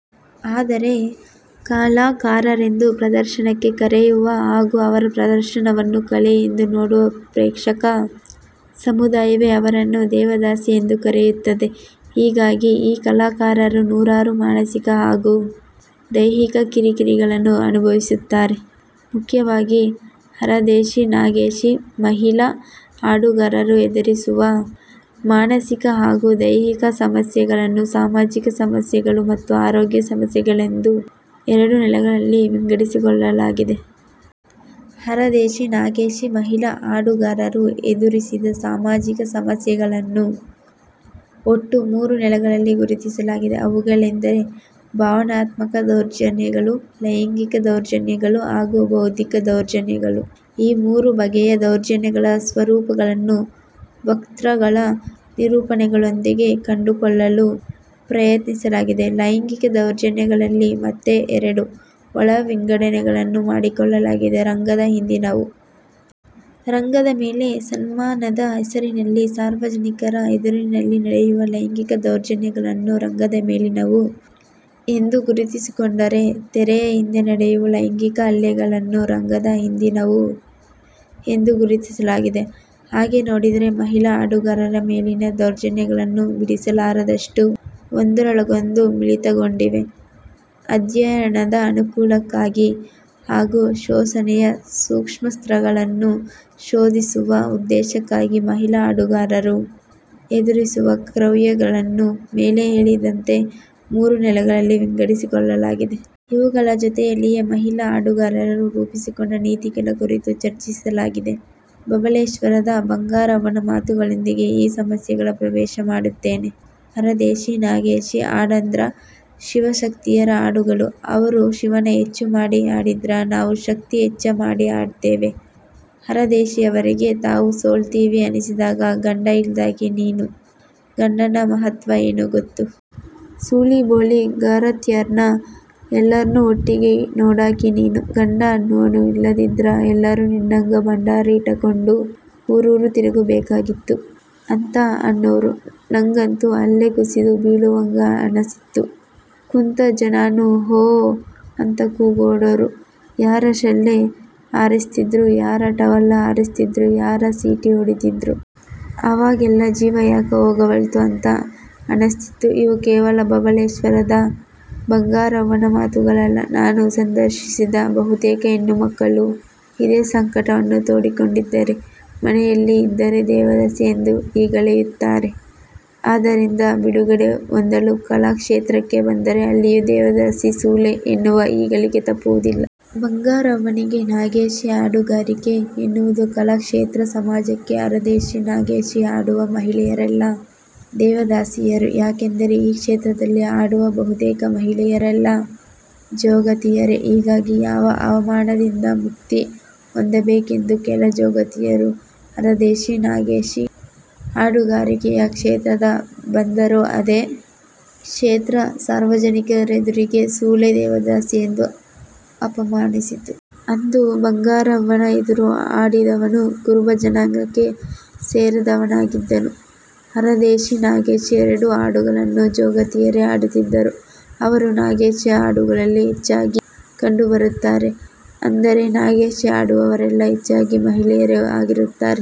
ಆದರೆ ಕಲಾಕಾರರೆಂದು ಪ್ರದರ್ಶನಕ್ಕೆ ಕರೆಯುವ ಹಾಗೂ ಅವರ ಪ್ರದರ್ಶನವನ್ನು ಕಲೆಯೆಂದು ನೋಡುವ ಪ್ರೇಕ್ಷಕ ಸಮುದಾಯವೇ ಅವರನ್ನು 'ದೇವದಾಸಿ'ಯೆಂದು ಕರೆಯುತ್ತದೆ. ಹೀಗಾಗಿ ಈ ಕಲಾಕಾರರು ನೂರಾರು ಮಾನಸಿಕ ಹಾಗೂ ದೈಹಿಕ ಕಿರಿ-ಕಿರಿಗಳನ್ನು ಅನುಭವಿಸುತ್ತಾರೆ. ಮುಖ್ಯವಾಗಿ ಹರದೇಶಿ-ನಾಗೇಶಿ ಮಹಿಳಾ ಹಾಡುಗಾರರು ಎದುರಿಸುವ ಮಾನಸಿಕ ಹಾಗೂ ದೈಹಿಕ ಸಮಸ್ಯೆಗಳನ್ನು ಸಾಮಾಜಿಕ ಸಮಸ್ಯೆಗಳು ಮತ್ತು ಆರೋಗ್ಯ ಸಮಸ್ಯೆಗಳೆಂದು ಎರಡು ನೆಲೆಗಳಲ್ಲಿ ವಿಂಗಡಿಸಿಕೊಳ್ಳಲಾಗಿದೆ. ಹರದೇಶಿ-ನಾಗೇಶಿ ಮಹಿಳಾ ಹಾಡುಗಾರರು ಎದುರಿಸಿದ ಸಾಮಾಜಿಕ ಸಮಸ್ಯೆಗಳನ್ನು ಒಟ್ಟು ಮೂರು ನೆಲೆಗಳಲ್ಲಿ ಗುರುತಿಸಲಾಗಿದೆ. ಅವುಗಳೆಂದರೆ ಭಾವನಾತ್ಮಕ ದೌರ್ಜನ್ಯಗಳು, ಲೈಂಗಿಕ ದೌರ್ಜನ್ಯಗಳು ಹಾಗೂ ಬೌದ್ಧಿಕ ದೌರ್ಜನ್ಯಗಳು. ಈ ಮೂರು ಬಗೆಯ ದೌರ್ಜನ್ಯಗಳ ಸ್ವರೂಪಗಳನ್ನು ವಕ್ತೃಗಳ ನಿರೂಪಣೆಗಳೊಂದಿಗೆ ಕಂಡುಕೊಳ್ಳಲು ಪ್ರಯತ್ನಿಸಲಾಗಿದೆ. ಲೈಂಗಿಕ ದೌರ್ಜನ್ಯಗಳಲ್ಲಿ ಮತ್ತೆ ಎರಡು ಒಳ ವಿಂಗಡಣೆಗಳನ್ನು ಮಾಡಿಕೊಳ್ಳಲಾಗಿದೆ: ರಂಗದ ಹಿಂದಿನವು. ರಂಗದ ಮೇಲೆ ಸನ್ಮಾನದ ಹೆಸರಿನಲ್ಲಿ ಸಾರ್ವಜನಿಕರ ಎದುರಿನಲ್ಲಿ ನಡೆಯುವ ಲೈಂಗಿಕ ದೌರ್ಜನ್ಯಗಳನ್ನು ರಂಗದ ಮೇಲಿನವು ಎಂದು ಗುರುತಿಸಿಕೊಂಡರೆ, ತೆರೆಯ ಹಿಂದೆ ನಡೆಯುವ ಲೈಂಗಿಕ ಹಲ್ಲೆಗಳನ್ನು ರಂಗದ ಹಿಂದನವು ಎಂದು ಗುರುತಿಸಲಾಗಿದೆ. ಹಾಗೆ ನೋಡಿದರೆ ಮಹಿಳಾ ಹಾಡುಗಾರರ ಮೇಲಿನ ದೌರ್ಜನ್ಯಗಳು ಬಿಡಸಲಾರದಷ್ಟು ಒಂದರೊಳಗೊಂದು ಮಿಳಿತಗೊಂಡಿವೆ. ಅಧ್ಯಯನದ ಅನುಕೂಲಕ್ಕಾಗಿ ಹಾಗೂ ಶೋಷಣೆಯ ಸೂಕ್ಷ್ಮ ಸ್ತರಗಳನ್ನು ಶೋಧಿಸುವ ಉದ್ದೇಶಕ್ಕಾಗಿ ಮಹಿಳಾ ಹಾಡುಗಾರರು ಎದುರಿಸುವ ಕ್ರೌರ್ಯಗಳನ್ನು ಮೇಲೆ ಹೇಳಿದಂತೆ ಮೂರು ನೆಲೆಗಳಲ್ಲಿ ವಿಂಗಡಿಸಿಕೊಳ್ಳಲಾಗಿದೆ. ಇವುಗಳ ಜೊತೆಯಲ್ಲಿಯೇ ಮಹಿಳಾ ಹಾಡುಗಾರರು ರೂಪಿಸಿಕೊಂಡ ನೀತಿಗಳ ಕುರಿತು ಚರ್ಚಿಸಲಾಗಿದೆ. ಬಬಲೇಶ್ವರದ ಬಂಗಾರವ್ವನ ಮಾತುಗಳೊಂದಿಗೆ ಈ ಸಮಸ್ಯೆಗಳ ಪ್ರವೇಶ ಮಾಡುತ್ತೇನೆ. "ಹರದೇಶಿ-ನಾಗೇಶಿ ಹಾಡಂದ್ರ ಶಿವ-ಶಕ್ತಿಯರ ಹಾಡುಗಳು, ಅವರು ಶಿವನ ಹೆಚ್ಚು ಮಾಡಿ ಹಾಡಿದ್ರ, ನಾವು ಶಕ್ತಿ ಹೆಚ್ಚ ಮಾಡಿ ಹಾಡ್ತೇವಿ. ಹರದೇಶಿಯವರಿಗೆ ತಾವು ಸೋಲ್ತೀವಿ ಅನಿಸಿದಾಗ 'ಗಂಡ ಇಲ್ದಾಕಿ ನೀನು, ಗಂಡನ್ನ ಮಹತ್ವ ಏನು ಗೊತ್ತು? ಸೂಳಿ-ಬೋಳೀ-ಗರತ್ಯಾರ್ನ ಎಲ್ಲಾರ್ನೂ ಒಟ್ಟಿಗೆ ನೋಡಕಿ ನೀನು. ಗಂಡ ಅನ್ನುವನು ಇಲ್ಲದಿದ್ರ ಎಲ್ಲರೂ ನಿನ್ನಂಗ ಭಂಡಾರ ಇಟಕೊಂಡು ಊರೂರು ತಿರಗಬೇಕಾಗ್ತಿತ್ತು'. ಅಂತ ಅನ್ನುವ್ರು. ನಂಗಂತೂ ಅಲ್ಲೆ ಕುಸಿದು ಬೀಳುವಂಗ ಅನಸ್ತಿತ್ತು. ಕುಂತ ಜನಾನೂ ಹೋ ಅಂತ ಕೂಗಾಡೋರು. ಯಾರ ಶೆಲ್ಲೆ ಹಾರಸ್ತಿದ್ರು? ಯಾರ ಟವಲ್ಲ ಹಾರಿಸ್ತಿದ್ರು? ಯಾರ ಸೀಟಿ ಹೊಡಿತಿದ್ರು? ಅವಾಗೆಲ್ಲಾ ಜೀವ ಯಾಕ ಹೋಗವಲ್ತು ಅಂತ ಅನಸ್ತಿತ್ತು" ಇವು ಕೇವಲ ಬಬಲೇಶ್ವರದ ಬಂಗಾರವ್ವನ ಮಾತುಗಳಲ್ಲ. ನಾನು ಸಂದರ್ಶಿಸಿದ ಬಹುತೇಕ ಹೆಣ್ಣು ಮಕ್ಕಳು ಇದೇ ಸಂಕಟವನ್ನು ತೋಡಿಕೊಂಡಿದ್ದಾರೆ. ಮನೆಯಲ್ಲಿ ಇದ್ದರೆ 'ದೇವದಾಸಿ' ಎಂದು ಹೀಗಳೆಯುತ್ತಾರೆ. ಅದರಿಂದ ಬಿಡುಗಡೆ ಹೊಂದಲು ಕಲಾ ಕ್ಷೇತ್ರಕ್ಕೆ ಬಂದರೆ ಅಲ್ಲಿಯೂ 'ದೇವದಾಸಿ', 'ಸೂಳೆ' ಎನ್ನುವ ಹೀಗಳಿಕೆ ತಪ್ಪುವುದಿಲ್ಲ. ಬಂಗಾರವ್ವನಿಗೆ ನಾಗೇಶಿ ಹಾಡುಗಾರಿಕೆ ಎನ್ನುವುದು ಕಲಾ ಕ್ಷೇತ್ರ, ಸಮಾಜಕ್ಕೆ ಹರದೇಶಿ-ನಾಗೇಶಿ ಹಾಡುವ ಮಹಿಳೆಯರೆಲ್ಲ 'ದೇವದಾಸಿಯರು', ಯಾಕೆಂದರೆ ಈ ಕ್ಷೇತ್ರದಲ್ಲಿ ಹಾಡುವ ಬಹುತೇಕ ಮಹಿಳೆಯರೆಲ್ಲ 'ಜೋಗತಿ'ಯರೇ. ಹೀಗಾಗಿ ಯಾವ ಅವಮಾನದಿಂದ ಮುಕ್ತಿ ಹೊಂದಬೇಕೆಂದು ಕೆಲ 'ಜೋಗತಿಯರು' ಹರದೇಶಿ-ನಾಗೇಶಿ ಹಾಡುಗಾರಿಕೆಯ ಕ್ಷೇತ್ರಕ್ಕೆ ಬಂದರೋ, ಅದೇ ಕ್ಷೇತ್ರ ಸಾರ್ವಜನಿಕರೆದುರಿಗೆ 'ಸೂಳೆ' 'ದೇವದಾಸಿ'ಯೆಂದು ಅಪಮಾನಿಸಿತು. ಅಂದು ಬಂಗಾರೆವ್ವನ ಎದರು ಹಾಡಿದವನು ಕುರುಬ ಜನಾಂಗಕ್ಕೆ ಸೇರದವನಾಗಿದ್ದನು. ಹರದೇಶಿ-ನಾಗೇಶಿ ಎರಡೂ ಹಾಡುಗಳನ್ನು 'ಜೋಗತಿ'ಯರೇ ಹಾಡುತ್ತಿದ್ದರೂ ಅವರು ನಾಗೇಶಿ ಹಾಡುಗಳಲ್ಲಿ ಹೆಚ್ಚಾಗಿ ಕಂಡುಬರುತ್ತಾರೆ. ಅಂದರೆ ನಾಗೇಶಿ ಹಾಡುವವರೆಲ್ಲ ಹೆಚ್ಚಾಗಿ ಮಹಿಳೆಯರೇ ಆಗಿರುತ್ತಾರೆ.